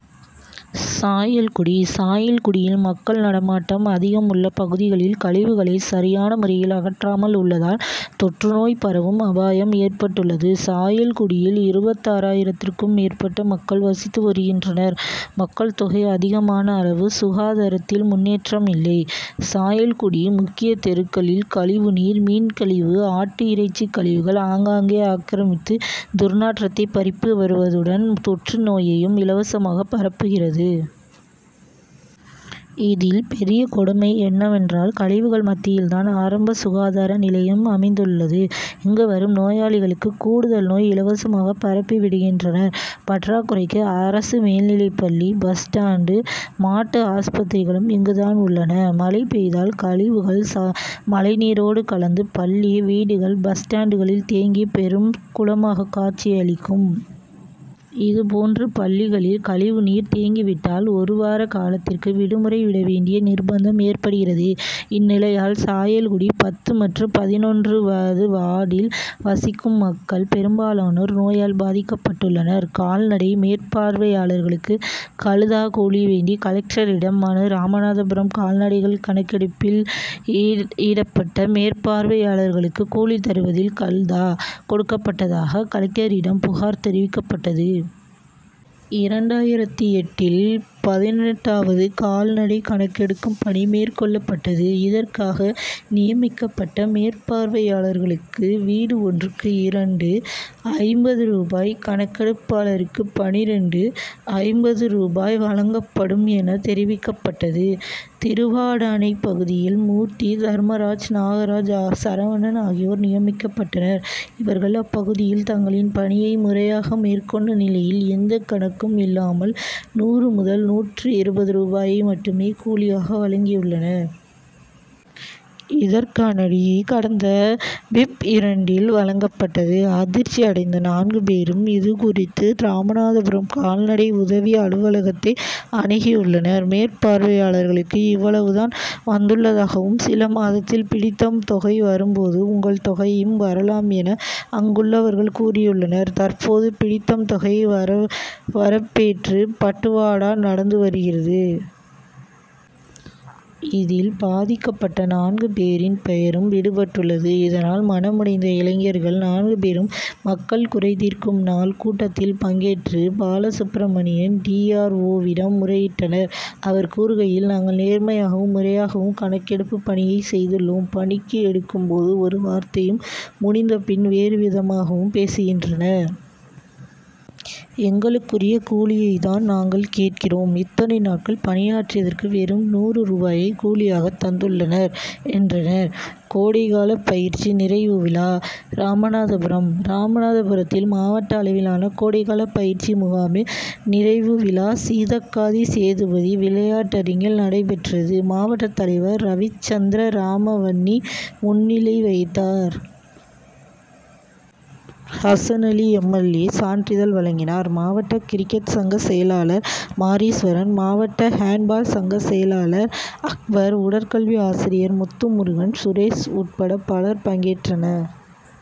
சாயல்குடி சாயல்குடியில் மக்கள் நடமாட்டம் அதிகம் உள்ள பகுதிகளில் கழிவுகளை சரியான முறையில் அகற்றாமல் உள்ளதால் தொற்று நோய் பரவும் அபாயம் ஏற்பட்டுள்ளது. சாயல்குடியில் இருபதாயிரத்திற்கும் மேற்பட்ட மக்கள் வசித்து வருகின்றனர். மக்கள் தொகை அதிகமான அளவு சுகாதாரத்தில் முன்னேற்றம் இல்லை. சாயல்குடி முக்கிய தெருக்களில் கழிவு நீர், மீன் கழிவு, ஆட்டு இறைச்சி கழிவுகள் ஆங்காங்கே ஆக்கிரமித்து துர்நாற்றத்தை பரப்பி வருவதுடன் தொற்று நோயையும் இலவசமாக பரப்புகிறது. இதில் பெரிய கொடுமை என்னவென்றால் கழிவுகள் மத்தியில்தான் ஆரம்ப சுகாதார நிலையம் அமைந்துள்ளது இங்கு வரும் நோயாளிகளுக்கு கூடுதல் நோய் இலவசமாக பரப்பிவிடுகின்றனர். பற்றாக்குறைக்கு அரசு மேல்நிலைப் பள்ளி, பஸ் ஸ்டாண்டு, மாட்டு ஆஸ்பத்திரிகளும் இங்குதான் உள்ளன. மழை பெய்தால் கழிவுகள் மழைநீரோடு கலந்து பள்ளி, வீடுகள், பஸ் ஸ்டாண்டுகளில் தேங்கி பெரும் குளமாக காட்சியளிக்கும். இது போன்று பள்ளிகளில் கழிவுநீர் தேங்கிவிட்டால் ஒரு வார காலத்திற்கு விடுமுறை விடவேணடிய நிர்ப்பந்தம் ஏற்படுகிறது. இந்நிலையால் சாயல்குடி பத்து மற்றும் பதினொன்று வது வார்டில் வசிக்கும் மக்கள் பெரும்பாலானோர் நோயால் பாதிக்கப் பட்டுள்ளனர். கால்நடை மேற்பார்வையாளர்களுக்கு கல்தா கூலி வேண்டி கலெக்டரிடம் மனு ராமநாதபுரம் கால்நடைகள் கணக்கெடுப்பில் ஈடபட்ட மேற்பார்வையாளர்களுக்கு கூலி தருவதில் கல்தா' கொடுக்கப்பட்டதாக, கலெக்டரிடம் புகார் தெரிவிக்கப்பட்டது. இரண்டாயிரத்து எட்டு இல் பதினெட்டாவது கால்நடை கணக்கெடுக்கும் பணி மேற்கொள்ளப்பட்டது. இதற்காக நியமிக்கப்பட்ட மேற்பார்வையாளர்களுக்கு வீடு ஒன்றுக்கு இரண்டு.ஐம்பது ரூபாய், கணக்கெடுப்பாளருக்கு பன்னிரண்டு. ஐம்பது ரூபாய் வழங்கப்படும் என தெரிவிக்கப்பட்டது. திருவாடானை பகுதியில் மூர்த்தி, தர்மராஜ், நாகராஜ், சரவணன் ஆகியோர் நியமிக்கப்பட்டனர். இவர்கள் அப்பகுதியில் தங்களின் பணியை முறையாக மேற்கொண்ட நிலையில், எந்த கணக்கும் இல்லாமல், நூறு முதல் நூற்று இருபது ரூபாயை மட்டும் கூலியாக வழங்கியுள்ளனர். இதற்கான டி. கடந்த பிப்.,இரண்டில் வழங்கப்பட்டது. அதிர்ச்சி அடைந்த நான்கு பேரும், இது குறித்து ராமநாதபுரம் கால்நடை உதவி அலுவலகத்தை அனுகியுள்ளனர். மேற்பார்வையாளர்களுக்கு இவ்வளவு தான் வந்துள்ளதாகவும், சில மாதத்தில் பிடித்தம் தொகை வரும் போது, உங்கள் தொகையும் வரலாம் என, அங்குள்ளவர்கள் கூறியுள்ளனர். தற்போது பிடித்தம் தொகை வரப்பேற்று பட்டுவாடா நடந்து வருகிறது. இதில் பாதிக்கப்பட்ட நான்கு பேரின் பெயரும் விடுபட்டுள்ளது. இதனால் மனமுடைந்த இளைஞர்கள் நான்கு பேரும் மக்கள் குறைதீர்க்கும் நாள் கூட்டத்தில் பங்கேற்று, பாலசுப்பிரமணியன் டி. ஆர். ஓ.,விடம் முறையிட்டனர். அவர்கள் கூறுகையில், நாங்கள் நேர்மையாகவும், முறையாகவும் கணக்கெடுப்பு பணியை செய்துள்ளோம். பணிக்கு எடுக்கும் போது ஒரு வார்த்தையும், முடிந்த பின் வேறுவிதமாகவும் பேசுகின்றனர். எங்களுக்குரிய கூலியை தான் நாங்கள் கேட்கிறோம். இத்தனை நாட்கள் பணியாற்றியதற்கு வெறும் நூறு ரூபாயை கூலியாக தந்துள்ளனர், என்றனர். கோடை கால பயிற்சி நிறைவு விழா ராமநாதபுரம் ராமநாதபுரத்தில் மாவட்ட அளவிலான கோடைகால பயிற்சி முகாமின் நிறைவு விழா சீதக்காதி சேதுபதி விளையாட்டரங்கில் நடைபெற்றது. மாவட்ட தலைவர் ரவிசந்திரராமவன்னி முன்னிலை வகித்தார். Hasan Ali M. L. A. சான்றிதழ் வழங்கினார். மாவட்ட கிரிக்கெட் சங்க செயலாளர் மாரீஸ்வரன், மாவட்ட ஹேண்ட்பால் சங்க செயலாளர் அக்பர், உடற்கல்வி ஆசிரியர் முத்துமுருகன் சுரேஷ் உட்பட பலர் பங்கேற்றனர்.